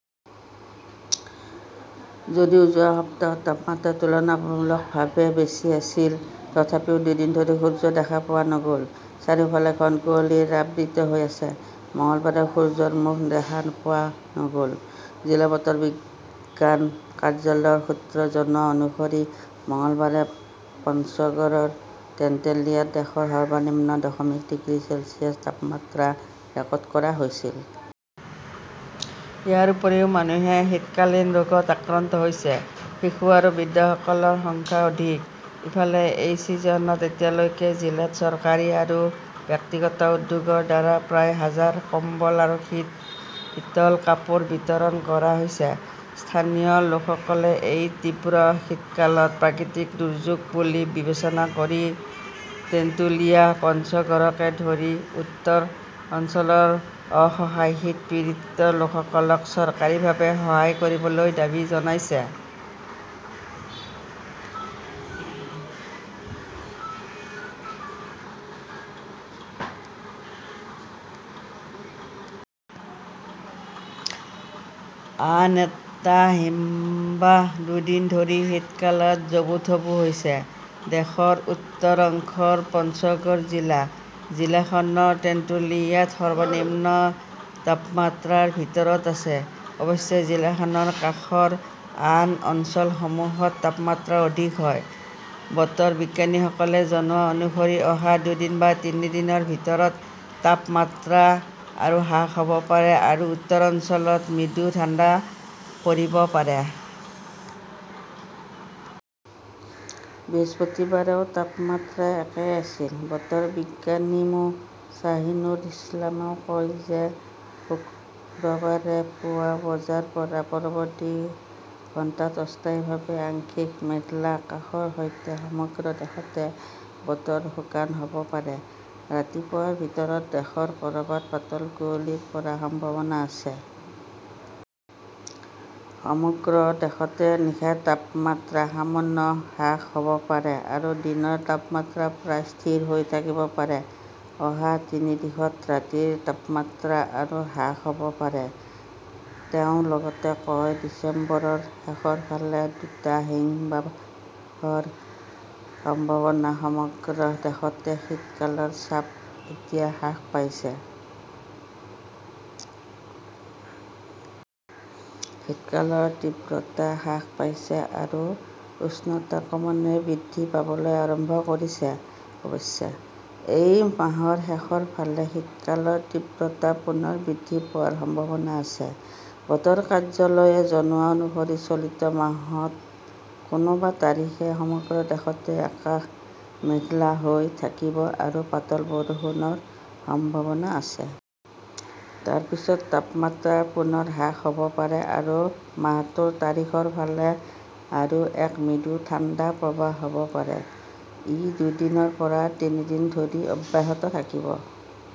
যদিও যোৱা সপ্তাহত তাপমাত্ৰা তুলনামূলকভাৱে বেছি আছিল, তথাপিও দুদিন ধৰি সূৰ্য দেখা পোৱা নগ'ল। চাৰিওফাল ঘন কুঁৱলীৰে আবৃত হৈ আছে। মঙলবাৰেও সূৰ্যৰ মুখ দেখা পোৱা নগ'ল। জিলা বতৰ বিজ্ঞান কাৰ্যালয়ৰ সূত্ৰই জনোৱা অনুসৰি মঙলবাৰে পঞ্চগড়ৰ তেন্তুলিয়াত দেশৰ সৰ্বনিম্ন দশমিক ডিগ্ৰী চেলছিয়াছ তাপমাত্ৰা ৰেকৰ্ড কৰা হৈছিল। ইয়াৰ উপৰিও মানুহে শীতকালীন ৰোগত আক্ৰান্ত হৈছে। শিশু আৰু বৃদ্ধসকলৰ সংখ্যা অধিক। ইফালে, এই ছিজনত এতিয়ালৈকে জিলাত চৰকাৰী আৰু ব্যক্তিগত উদ্যোগৰ দ্বাৰা প্ৰায় হাজাৰ কম্বল আৰু শীতল কাপোৰ বিতৰণ কৰা হৈছে। স্থানীয় লোকসকলে এই তীব্ৰ শীতকালক প্ৰাকৃতিক দুৰ্যোগ বুলি বিবেচনা কৰি টেন্টুলিয়া, পঞ্চগড়কে ধৰি উত্তৰ অঞ্চলৰ অসহায় শীত পীড়িত লোকসকলক চৰকাৰীভাৱে সহায় কৰিবলৈ দাবী জনাইছে। আন এটা হিমবাহ দুদিন ধৰি শীতকালত জবুথবু হৈছে দেশৰ উত্তৰ অংশৰ পঞ্চগড় জিলা। জিলাখনৰ তেন্তুলিয়াত সৰ্বনিম্ন তাপমাত্ৰা ৰ ভিতৰত আছে। অৱশ্যে, জিলাখনৰ কাষৰ আন অঞ্চলসমূহত তাপমাত্ৰা অধিক হয়। বতৰ বিজ্ঞানীসকলে জনোৱা অনুসৰি অহা দুদিন বা তিনি দিনৰ ভিতৰত তাপমাত্ৰা আৰু হ্ৰাস হ'ব পাৰে আৰু উত্তৰ অঞ্চলত মৃদু ঠাণ্ডা পৰিব পাৰে। বৃহস্পতিবাৰেও তাপমাত্ৰা একেই আছিল। বতৰ বিজ্ঞানী মো. শ্বাহিনুৰ ইছলামই কয় যে শুক্ৰবাৰে পুৱা বজাৰ পৰা পৰৱৰ্তী ঘণ্টাত অস্থায়ীভাৱে আংশিক মেঘলা আকাশৰ সৈতে সমগ্ৰ দেশতে বতৰ শুকান হ 'ব পাৰে। ৰাতিপুৱাৰ ভিতৰত দেশৰ ক'ৰবাত পাতল কুঁৱলী পৰাৰ সম্ভাৱনা আছে। সমগ্ৰ দেশতে নিশাৰ তাপমাত্ৰা সামান্য হ্ৰাস হ'ব পাৰে আৰু দিনৰ তাপমাত্ৰা প্ৰায় স্থিৰ হৈ থাকিব পাৰে। অহা তিনি দিনত ৰাতিৰ তাপমাত্ৰা আৰু হ্ৰাস হ'ব পাৰে ", তেওঁ লগতে কয়। ডিচেম্বৰৰ শেষৰ ফালে দুটা হিমবাহৰ সম্ভাৱনা সমগ্ৰ দেশতে শীতকালৰ চাপ এতিয়া হ্ৰাস পাইছে। শীতকালৰ তীব্ৰতা হ্ৰাস পাইছে আৰু উষ্ণতা ক্ৰমান্বয়ে বৃদ্ধি পাবলৈ আৰম্ভ কৰিছে। অৱশ্যে, এই মাহৰ শেষৰ ফালে শীতকালৰ তীব্ৰতা পুনৰ বৃদ্ধি পোৱাৰ সম্ভাৱনা আছে। বতৰ কাৰ্যালয়ে জনোৱা অনুসৰি চলিত মাহত কোনোবা তাৰিখে সমগ্ৰ দেশতে আকাশ মেঘলা হৈ থাকিব আৰু পাতল বৰষুণৰ সম্ভাৱনা আছে। তাৰ পিছত তাপমাত্ৰা পুনৰ হ্ৰাস হ'ব পাৰে আৰু মাহটোৰ তাৰিখৰ ফালে আৰু এক মৃদু ঠাণ্ডা প্ৰৱাহ হ'ব পাৰে। ই দুদিনৰ পৰা তিনি দিন ধৰি অব্যাহত থাকিব।